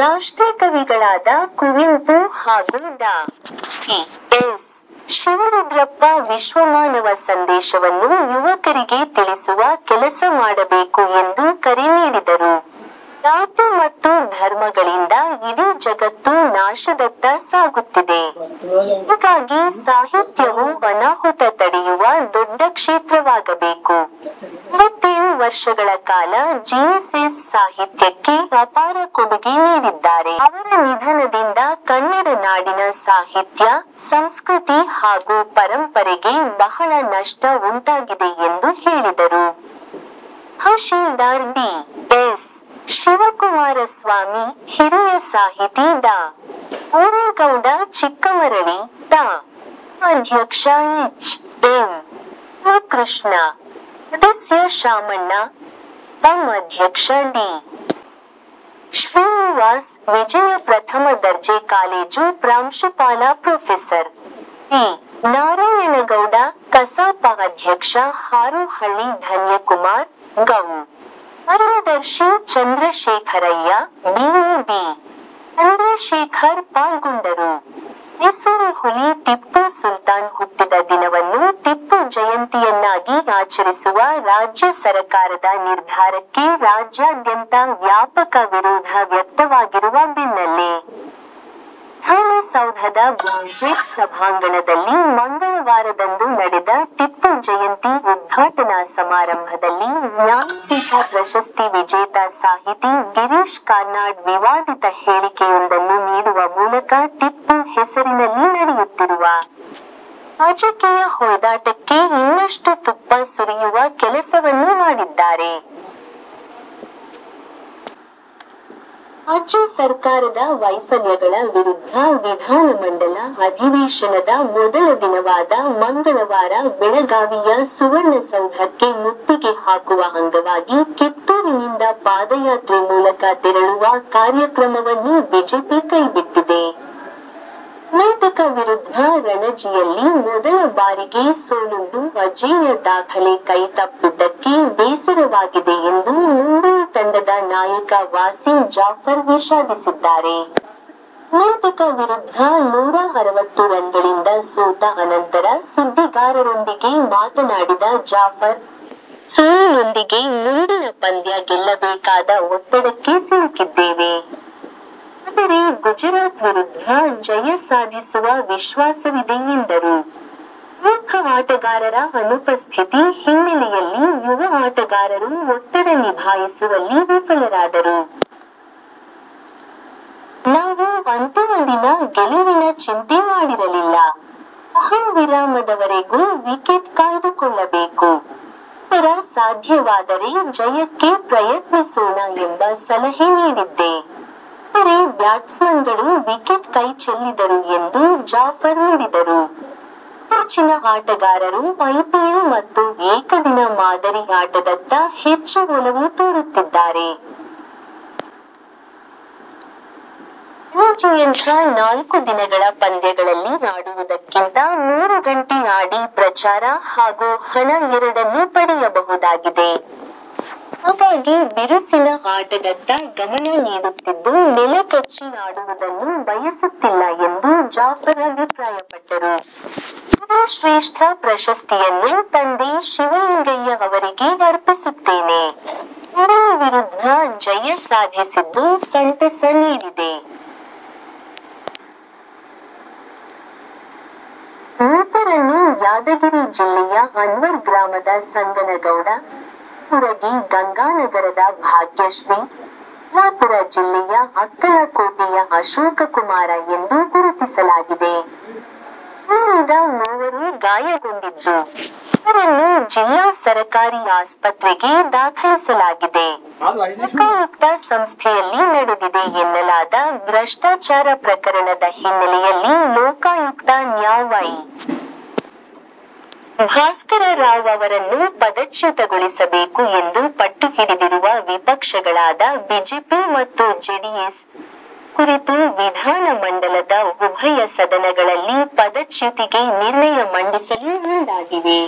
ರಾಷ್ಟ್ರಕವಿಗಳಾದ ಕುವೆಂಪು ಹಾಗೂ ಡಾ. G. S. Shivarudrappa ವಿಶ್ವಮಾನವ ಸಂದೇಶವನ್ನು ಯುವಕರಿಗೆ ತಿಳಿಸುವ ಕೆಲಸ ಮಾಡಬೇಕು ಎಂದು ಕರೆ ನೀಡಿದರು. ಜಾತಿ ಮತ್ತು ಧರ್ಮಗಳಿಂದ ಇಡೀ ಜಗತ್ತು ನಾಶದತ್ತ ಸಾಗುತ್ತಿದೆ. ಹೀಗಾಗಿ ಸಾಹಿತ್ಯವು ಅನಾಹುತ ತಡೆಯುವ ದೊಡ್ಡ ಕ್ಷೇತ್ರವಾಗಬೇಕು. ಎಂಬತ್ತೇಳು ವರ್ಷಗಳ ಕಾಲ ಜಿಎಸ್ಎಸ್ ಸಾಹಿತ್ಯಕ್ಕೆ ಅಪಾರ ಕೊಡುಗೆ ನೀಡಿದ್ದಾರೆ. ಅವರ ನಿಧನದಿಂದ ಕನ್ನಡ ನಾಡಿನ ಸಾಹಿತ್ಯ, ಸಂಸ್ಕೃತಿ ಹಾಗೂ ಪರಂಪರೆಗೆ ಬಹಳ ನಷ್ಟ ಉಂಟಾಗಿದೆ ಎಂದು ಹೇಳಿದರು. ತಹಶೀಲ್ದಾರ್ ಡಿ. ಎಸ್. ಶಿವಕುಮಾರಸ್ವಾಮಿ, ಹಿರಿಯ ಸಾಹಿತಿ ಡಾ. ಬೋರೇಗೌಡ ಚಿಕ್ಕಮರಳಿ, ತಾ. ಪಂ ಅಧ್ಯಕ್ಷ ಎಚ್. ಎಂ. ರಾಮಕೃಷ್ಣ, ಸದಸ್ಯ ಶಾಮಣ್ಣ, ಪ. ಪಂ ಅಧ್ಯಕ್ಷ ಡಿ. ಶ್ರೀನಿವಾಸ್, ವಿಜಯ ಪ್ರಥಮ ದರ್ಜೆ ಕಾಲೇಜು ಪ್ರಾಂಶುಪಾಲ ಪ್ರೊಫೆಸರ್. ಬಿ. ನಾರಾಯಣಗೌಡ, ಕಸಾಪ ಅಧ್ಯಕ್ಷ ಹಾರೋಹಳ್ಳಿ ಧನ್ಯಕುಮಾರ್, ಗೌ. ಕಾರ್ಯದರ್ಶಿ ಚಂದ್ರಶೇಖರಯ್ಯ, ಬಿಇಒ ಬಿ. ಚಂದ್ರಶೇಖರ್ ಪಾಲ್ಗೊಂಡರು. ಮೈಸೂರು ಹುಲಿ ಟಿಪ್ಪೂ ಸುಲ್ತಾನ್ ಹುಟ್ಟಿದ ದಿನವನ್ನು ಟಿಪ್ಪು ಜಯಂತಿಯನ್ನಾಗಿ ಆಚರಿಸುವ ರಾಜ್ಯ ಸರಕಾರದ ನಿರ್ಧಾರಕ್ಕೆ ರಾಜ್ಯಾದ್ಯಂತ ವ್ಯಾಪಕ ವಿರೋಧ ವ್ಯಕ್ತವಾಗಿರುವ ಬೆನ್ನಲ್ಲೇ, ವಿಧಾನ ಸೌಧದ ಬ್ಯಾಂಕ್ವೆಟ್ ಸಭಾಂಗಣದಲ್ಲಿ ಮಂಗಳವಾರದಂದು ನಡೆದ ಟಿಪ್ಪು ಜಯಂತಿ ಉದ್ಘಾಟನಾ ಸಮಾರಂಭದಲ್ಲಿ ಜ್ಞಾನಪೀಠ ಪ್ರಶಸ್ತಿ ವಿಜೇತ ಸಾಹಿತಿ ಗಿರೀಶ್ ಕಾರ್ನಾಡ್ ವಿವಾದಿತ ಹೇಳಿಕೆಯೊಂದನ್ನು ನೀಡುವ ಮೂಲಕ ಟಿಪ್ಪು ಹೆಸರಿನಲ್ಲಿ ನಡೆಯುತ್ತಿರುವ ರಾಜಕೀಯ ಹೊಯ್ದಾಟಕ್ಕೆ ಇನ್ನಷ್ಟು ತುಪ್ಪ ಸುರಿಯುವ ಕೆಲಸವನ್ನು ಮಾಡಿದ್ದಾರೆ. ರಾಜ್ಯ ಸರ್ಕಾರದ ವೈಫಲ್ಯಗಳ ವಿರುದ್ಧ ವಿಧಾನಮಂಡಲ ಅಧಿವೇಶನದ ಮೊದಲ ದಿನವಾದ ಮಂಗಳವಾರ ಬೆಳಗಾವಿಯ ಸುವರ್ಣಸೌಧಕ್ಕೆ ಮುತ್ತಿಗೆ ಹಾಕುವ ಅಂಗವಾಗಿ ಕಿತ್ತೂರಿನಿಂದ ಪಾದಯಾತ್ರೆ ಮೂಲಕ ತೆರಳುವ ಕಾರ್ಯಕ್ರಮವನ್ನು ಬಿಜೆಪಿ ಕೈಬಿಟ್ಟಿದೆ. ಕರ್ನಾಟಕ ವಿರುದ್ಧ ರಣಜಿಯಲ್ಲಿ ಮೊದಲ ಬಾರಿಗೆ ಸೋಲುಂಡು ಅಜೇಯ ದಾಖಲೆ ಕೈ ತಪ್ಪಿದ್ದಕ್ಕೆ ಬೇಸರವಾಗಿದೆ ಎಂದು ಮುಂಬಯಿ ತಂಡದ ನಾಯಕ ವಾಸಿಂ ಜಾಫರ್ ವಿಷಾದಿಸಿದ್ದಾರೆ. ಕರ್ನಾಟಕ ವಿರುದ್ಧ ನೂರಾ ಅರವತ್ತು ರನ್ಗಳಿಂದ ಸೋತ ಅನಂತರ ಸುದ್ದಿಗಾರರೊಂದಿಗೆ ಮಾತನಾಡಿದ ಜಾಫರ್, ಈ ಸೋಲಿನೊಂದಿಗೆ ಮುಂದಿನ ಪಂದ್ಯ ಗೆಲ್ಲಬೇಕಾದ ಒತ್ತಡಕ್ಕೆ ಸಿಲುಕಿದ್ದೇವೆ. ಆದರೆ ಗುಜರಾತ್ ವಿರುದ್ಧ ಜಯ ಸಾಧಿಸುವ ವಿಶ್ವಾಸವಿದೆ ಎಂದರು. ಪ್ರಮುಖ ಆಟಗಾರರ ಅನುಪಸ್ಥಿತಿ ಹಿನ್ನೆಲೆಯಲ್ಲಿ ಯುವ ಆಟಗಾರರು ಒತ್ತಡ ನಿಭಾಯಿಸುವಲ್ಲಿ ವಿಫಲರಾದರು. ನಾವು ಅಂತಿಮ ದಿನ ಗೆಲುವಿನ ಚಿಂತೆ ಮಾಡಿರಲಿಲ್ಲ. ಚಹಾ ವಿರಾಮದವರೆಗೂ ವಿಕೆಟ್ ಕಾಯ್ದುಕೊಳ್ಳಬೇಕು. ಅನಂತರ ಸಾಧ್ಯವಾದರೆ ಜಯಕ್ಕೆ ಪ್ರಯತ್ನಿಸೋಣ ಎಂಬ ಸಲಹೆ ನೀಡಿದ್ದೆ. ಆದರೆ ಬ್ಯಾಟ್ಸ್ಮನ್ಗಳು ವಿಕೆಟ್ ಕೈ ಚೆಲ್ಲಿದರು ಎಂದು ಜಾಫರ್ ನುಡಿದರು. ಇತ್ತೀಚಿನ ಆಟಗಾರರು ಐಪಿಎಲ್ ಮತ್ತು ಏಕದಿನ ಮಾದರಿ ಆಟದತ್ತ ಹೆಚ್ಚು ಒಲವು ತೋರುತ್ತಿದ್ದಾರೆ. ರಣಜಿಯಂಥ ನಾಲ್ಕು ದಿನಗಳ ಪಂದ್ಯಗಳಲ್ಲಿ ಆಡುವುದಕ್ಕಿಂತ ಮೂರು ಗಂಟೆ ಆಡಿ ಪ್ರಚಾರ ಹಾಗೂ ಹಣ ಎರಡನ್ನೂ ಪಡೆಯಬಹುದಾಗಿದೆ. ಹಾಗಾಗಿ ಬಿರುಸಿನ ಆಟದತ್ತ ಗಮನ ನೀಡುತ್ತಿದ್ದು ನೆಲಕಚ್ಚಿ ಆಡುವುದನ್ನು ಬಯಸುತ್ತಿಲ್ಲ ಎಂದು ಜಾಫರ್ ಅಭಿಪ್ರಾಯಪಟ್ಟರು. ಪಂದ್ಯಶ್ರೇಷ್ಠ ಪ್ರಶಸ್ತಿಯನ್ನು ತಂದೆ ಶಿವಲಿಂಗಯ್ಯ ಅವರಿಗೆ ಅರ್ಪಿಸುತ್ತೇನೆ. ಮುಂಬಯಿ ವಿರುದ್ಧ ಜಯ ಸಾಧಿಸಿದ್ದು ಸಂತಸ ನೀಡಿದೆ. ಮೃತರನ್ನು ಯಾದಗಿರಿ ಜಿಲ್ಲೆಯ ಅನ್ವರ್ ಗ್ರಾಮದ ಸಂಗನಗೌಡ, ಕಲಬುರಗಿ ಗಂಗಾನಗರದ ಭಾಗ್ಯಶ್ರೀ, ಸೊಲ್ಲಾಪುರ ಜಿಲ್ಲೆಯ ಅಕ್ಕಲ ಕೋಟೆಯ ಅಶೋಕಕುಮಾರ ಎಂದು ಗುರುತಿಸಲಾಗಿದೆ. ಇನ್ನುಳಿದ ಮೂವರು ಗಾಯಗೊಂಡಿದ್ದು, ಅವರನ್ನು ಜಿಲ್ಲಾ ಸರಕಾರಿ ಆಸ್ಪತ್ರೆಗೆ ದಾಖಲಿಸಲಾಗಿದೆ. ಲೋಕಾಯುಕ್ತ ಸಂಸ್ಥೆಯಲ್ಲಿ ನಡೆದಿದೆ ಎನ್ನಲಾದ ಭ್ರಷ್ಟಾಚಾರ ಪ್ರಕರಣದ ಹಿನ್ನೆಲೆಯಲ್ಲಿ ಲೋಕಾಯುಕ್ತ ನ್ಯಾ ವೈ. ಭಾಸ್ಕರ ರಾವ್ ಅವರನ್ನು ಪದಚ್ಯುತಗೊಳಿಸಬೇಕು ಎಂದು ಪಟ್ಟುಹಿಡಿದಿರುವ ವಿಪಕ್ಷಗಳಾದ ಬಿಜೆಪಿ ಮತ್ತು ಜೆಡಿಎಸ್, ಈ ಕುರಿತು ವಿಧಾನ ಮಂಡಲದ ಉಭಯ ಸದನಗಳಲ್ಲಿ ಪದಚ್ಯುತಿಗೆ ನಿರ್ಣಯ ಮಂಡಿಸಲು ಮುಂದಾಗಿವೆ.